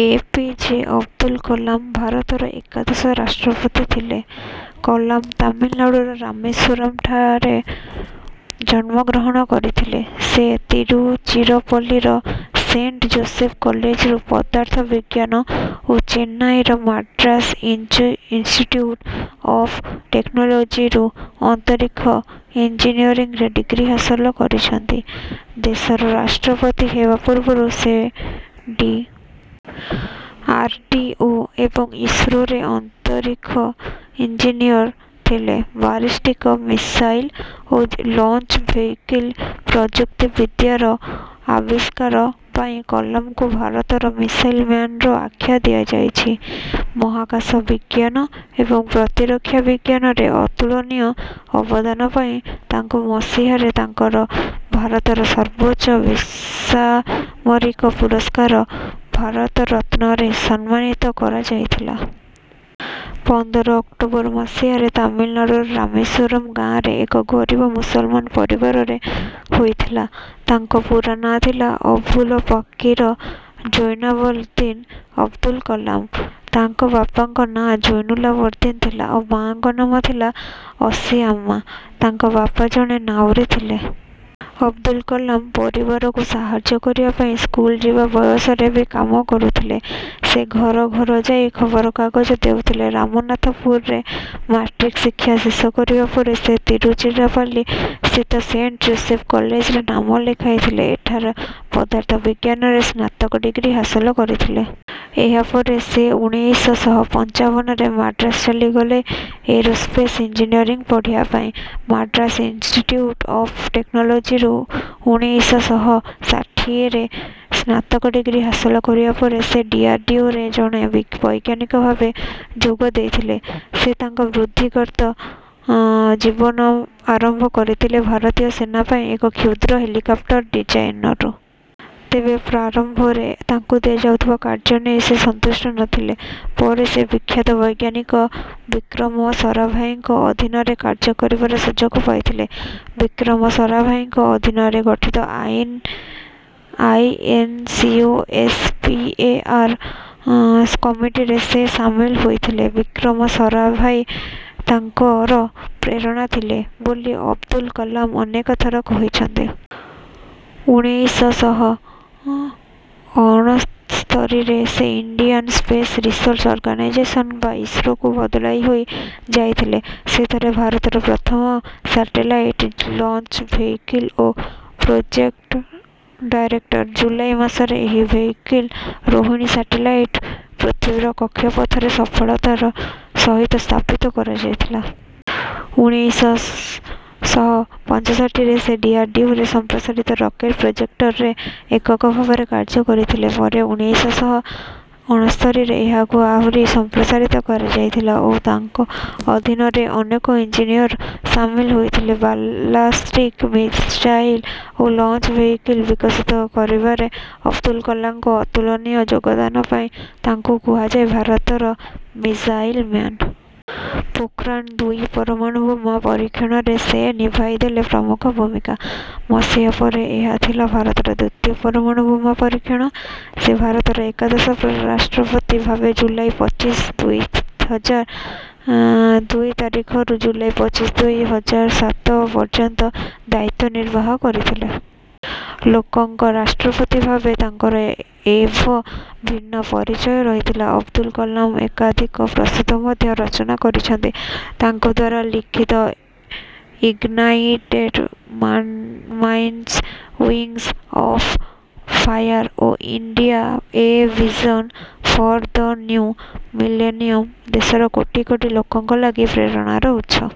ଏ. P. J. Abdul Kalam ଭାରତର ଏକାଦଶ ରାଷ୍ଟ୍ରପତି ଥିଲେ। କଲାମ ତାମିଲନାଡୁର ରାମେଶ୍ୱରମ୍ଠାରେ ଜନ୍ମଗ୍ରହଣ କରିଥିଲେ। ସେ ତିରୁଚିରପଲ୍ଲୀର ସେଣ୍ଟ ଜୋସେଫ୍ କଲେଜରୁ ପଦାର୍ଥ ବିଜ୍ଞାନ ଓ ଚେନ୍ନାଇର ମାଦ୍ରାସ ଇଞ୍ଜ ଇନ୍ସଟିଚ୍ୟୁଟ୍ ଅଫ୍ ଟେକ୍ନୋଲୋଜିରୁ ଅନ୍ତରୀକ୍ଷ ଇଂଜିନିୟରିଂରେ ଡିଗ୍ରୀ ହାସଲ କରିଛନ୍ତି। ଦେଶର ରାଷ୍ଟ୍ରପତି ହେବା ପୂର୍ବରୁ ସେ ଡି. ଆର୍. ଡି. ଓ ଏବଂ ଇସ୍ରୋରେ ଅନ୍ତରୀକ୍ଷ ଇଂଜିନିୟର ଥିଲେ। ବାଲିଷ୍ଟିକ ମିଶାଇଲ୍ ଓ ଲଞ୍ଚ ଭେହିକିଲ୍ ପ୍ରଯୁକ୍ତିବିଦ୍ୟାର ଆବିଷ୍କାର ପାଇଁ କଲାମଙ୍କୁ ଭାରତର ମିଶାଇଲ୍ ମ୍ୟାନର ଆଖ୍ୟା ଦିଆଯାଇଛି। ମହାକାଶ ବିଜ୍ଞାନ ଏବଂ ପ୍ରତିରକ୍ଷା ବିଜ୍ଞାନରେ ଅତୁଳନୀୟ ଅବଦାନ ପାଇଁ ତାଙ୍କୁ ମସିହାରେ ଭାରତର ସର୍ବୋଚ ବେସାମରିକ ପୁରସ୍କାର ଭାରତ ରତ୍ନରେ ସମ୍ମାନିତ କରା ଯାଇଥିଲା। ପନ୍ଦର ଅକ୍ଟୋବର ମସିହାରେ ତାମିଲନାଡୁର ରାମେଶ୍ୱରମ ଗାଁରେ ଏକ ଗରିବ ମୁସଲମାନ ପରିବାରରେ ହୋଇଥିଲା। ତାଙ୍କ ପୂରା ନାଁ ଥିଲା ଅଭୁଲ ପାକିର ଜୈନୁଲାବଦ୍ଦୀନ ଅବଦୁଲ କଲାମ। ତାଙ୍କ ବାପାଙ୍କ ନାଁ ଜୈନୁଲାବଦ୍ଦୀନ ଥିଲା ଓ ମାଙ୍କ ନାମ ଥିଲା ଅସିଆମ୍ମା। ତାଙ୍କ ବାପା ଜଣେ ନାଉରୀ ଥିଲେ। ଅବଦୁଲ କଲାମ ପରିବାରକୁ ସାହାଯ୍ୟ କରିବା ପାଇଁ ସ୍କୁଲ୍ ଯିବା ବୟସରେ ବି କାମ କରୁଥିଲେ। ସେ ଘର ଘର ଯାଇ ଖବରକାଗଜ ଦେଉଥିଲେ। ରାମନାଥପୁରରେ ମାଟ୍ରିକ ଶିକ୍ଷା ଶେଷ କରିବା ପରେ ସେ ତିରୁଚିରାପଲ୍ଲୀ ସ୍ଥିତ ସେଣ୍ଟ ଯୋଶେଫ କଲେଜରେ ନାମ ଲେଖାଇଥିଲେ। ଏଠାର ପଦାର୍ଥ ବିଜ୍ଞାନରେ ସ୍ନାତକ ଡିଗ୍ରୀ ହାସଲ କରିଥିଲେ। ଏହାପରେ ସେ ଉଣେଇଶ ଶହ ପଞ୍ଚାବନରେ ମାଡ୍ରାସ ଚାଲିଗଲେ ଏରୋସ୍ପେସ୍ ଇଂଜିନିୟରିଂ ପଢ଼ିବା ପାଇଁ। ମାଡ୍ରାସ ଇନଷ୍ଟିଚ୍ୟୁଟ୍ ଅଫ୍ ଟେକ୍ନୋଲୋଜିରୁ ଉଣେଇଶ ଶହ ଷାଠିଏରେ ସ୍ନାତକ ଡିଗ୍ରୀ ହାସଲ କରିବା ପରେ ସେ ଡିଆରଡିଓରେ ଜଣେ ବି ବୈଜ୍ଞାନିକ ଭାବେ ଯୋଗ ଦେଇଥିଲେ। ସେ ତାଙ୍କ ବୃତ୍ତିଗତ ଜୀବନ ଆଁ ଆରମ୍ଭ କରିଥିଲେ ଭାରତୀୟ ସେନା ପାଇଁ ଏକ କ୍ଷୁଦ୍ର ହେଲିକାପ୍ଟର ଡିଜାଇନରୁ। ତେବେ ପ୍ରାରମ୍ଭରେ ତାଙ୍କୁ ଦିଆଯାଉଥିବା କାର୍ଯ୍ୟ ନେଇ ସେ ସନ୍ତୁଷ୍ଟ ନଥିଲେ। ପରେ ସେ ବିଖ୍ୟାତ ବୈଜ୍ଞାନିକ ବିକ୍ରମ ସରାଭାଇଙ୍କ ଅଧୀନରେ କାର୍ଯ୍ୟ କରିବାର ସୁଯୋଗ ପାଇଥିଲେ। ବିକ୍ରମ ସରାଭାଇଙ୍କ ଅଧୀନରେ ଗଠିତ ଆଇନ ଆଇଏନସିଓଏସପିଏଆର୍ ଆଁ କମିଟିରେ ସେ ସାମିଲ ହୋଇଥିଲେ। ବିକ୍ରମ ସରାଭାଇ ତାଙ୍କର ପ୍ରେରଣା ଥିଲେ ବୋଲି ଅବଦୁଲ କଲାମ ଅନେକ ଥର କହିଛନ୍ତି। ଉଣେଇଶ ଶହ ଅଣସ୍ତରୀରେ ସେ ଇଣ୍ଡିଆନ୍ ସ୍ପେସ୍ ରିସର୍ଚ୍ଚ ଅର୍ଗାନାଇଜେସନ୍ ବା ଇସ୍ରୋକୁ ବଦଳି ହୋଇ ଯାଇଥିଲେ। ସେ ଥିଲେ ଭାରତର ପ୍ରଥମ ସାଟେଲାଇଟ୍ ଲଞ୍ଚ୍ ଭେହିକିଲ୍ ଓ ପ୍ରୋଜେକ୍ଟ ଡାଇରେକ୍ଟର। ଜୁଲାଇ ମାସରେ ଏହି ଭେହିକିଲ୍ ରୋହିଣୀ ସାଟେଲାଇଟ୍କୁ ପୃଥିବୀର କକ୍ଷ ପଥରେ ସଫଳତାର ସହିତ ସ୍ଥାପିତ କରିଥିଲା। ଉଣେଇଶ ଶହ ପଞ୍ଚଷଠିରେ ସେ ଡିଆରଡିଓରେ ସଂପ୍ରସାରିତ ରକେଟ୍ ପ୍ରୋଜେକ୍ଟରେ ଏକକ ଭାବେ କାର୍ଯ୍ୟ କରିଥିଲେ। ପରେ ଉଣେଇଶ ଶହ ଅଣସ୍ତରୀରେ ଏହାକୁ ଆହୁରି ସଂପ୍ରସାରିତ କରାଯାଇଥିଲା ଓ ତାଙ୍କ ଅଧୀନରେ ଅନେକ ଇଂଜିନିୟର ସାମିଲ ହୋଇଥିଲେ। ବାଲାଷ୍ଟିକ୍ ମିଜାଇଲ୍ ଓ ଲଞ୍ଚ ଭେହିକିଲ୍ ବିକଶିତ କରିବାରେ ଅବଦୁଲ କଲାମଙ୍କ ଅତୁଳନୀୟ ଯୋଗଦାନ ପାଇଁ ତାଙ୍କୁ କୁହାଯାଏ ଭାରତର ମିଜାଇଲ୍ ମେନ୍। ପୋଖରାନ୍-ଦୁଇ ପରମାଣୁ ବୋମା ପରୀକ୍ଷଣରେ ସେ ନିଭାଇ ଦେଲେ ପ୍ରମୁଖ ଭୂମିକା। ମସିହା ପରେ ଏହା ଥିଲା ଭାରତର ଦ୍ୱିତୀୟ ପରମାଣୁ ବୋମା ପରୀକ୍ଷଣ। ସେ ଭାରତର ଏକାଦଶ ରାଷ୍ଟ୍ରପତି ଭାବେ ଜୁଲାଇ ପଚିଶ ଦୁଇ ହଜାର ଦୁଇ ତାରିଖରୁ ଜୁଲାଇ ପଚିଶ ଦୁଇ ହଜାର ସାତ ପର୍ଯ୍ୟନ୍ତ ଦାୟିତ୍ୱ ନିର୍ବାର୍ହ କରିଥିଲେ। ଲୋକଙ୍କ ରାଷ୍ଟ୍ରପତି ଭାବେ ତାଙ୍କର ଏଭ ଭିନ୍ନ ପରିଚୟ ରହିଥିଲା। ଅବଦୁଲ କଲାମ ଏକାଧିକ ପ୍ରସିଦ୍ଧ ମଧ୍ୟ ରଚନା କରିଛନ୍ତି। ତାଙ୍କଦ୍ୱାରା ଲିଖିତ ଇଗନାଇଟେଡ୍ ମା ମାଇଣ୍ଡସ୍ ୱିଙ୍ଗସ୍ ଅଫ୍ ଫାୟାର ଓ India a vision for the new millennium ଦେଶର କୋଟି କୋଟି ଲୋକଙ୍କ ଲାଗି ପ୍ରେରଣାର ଉତ୍ସ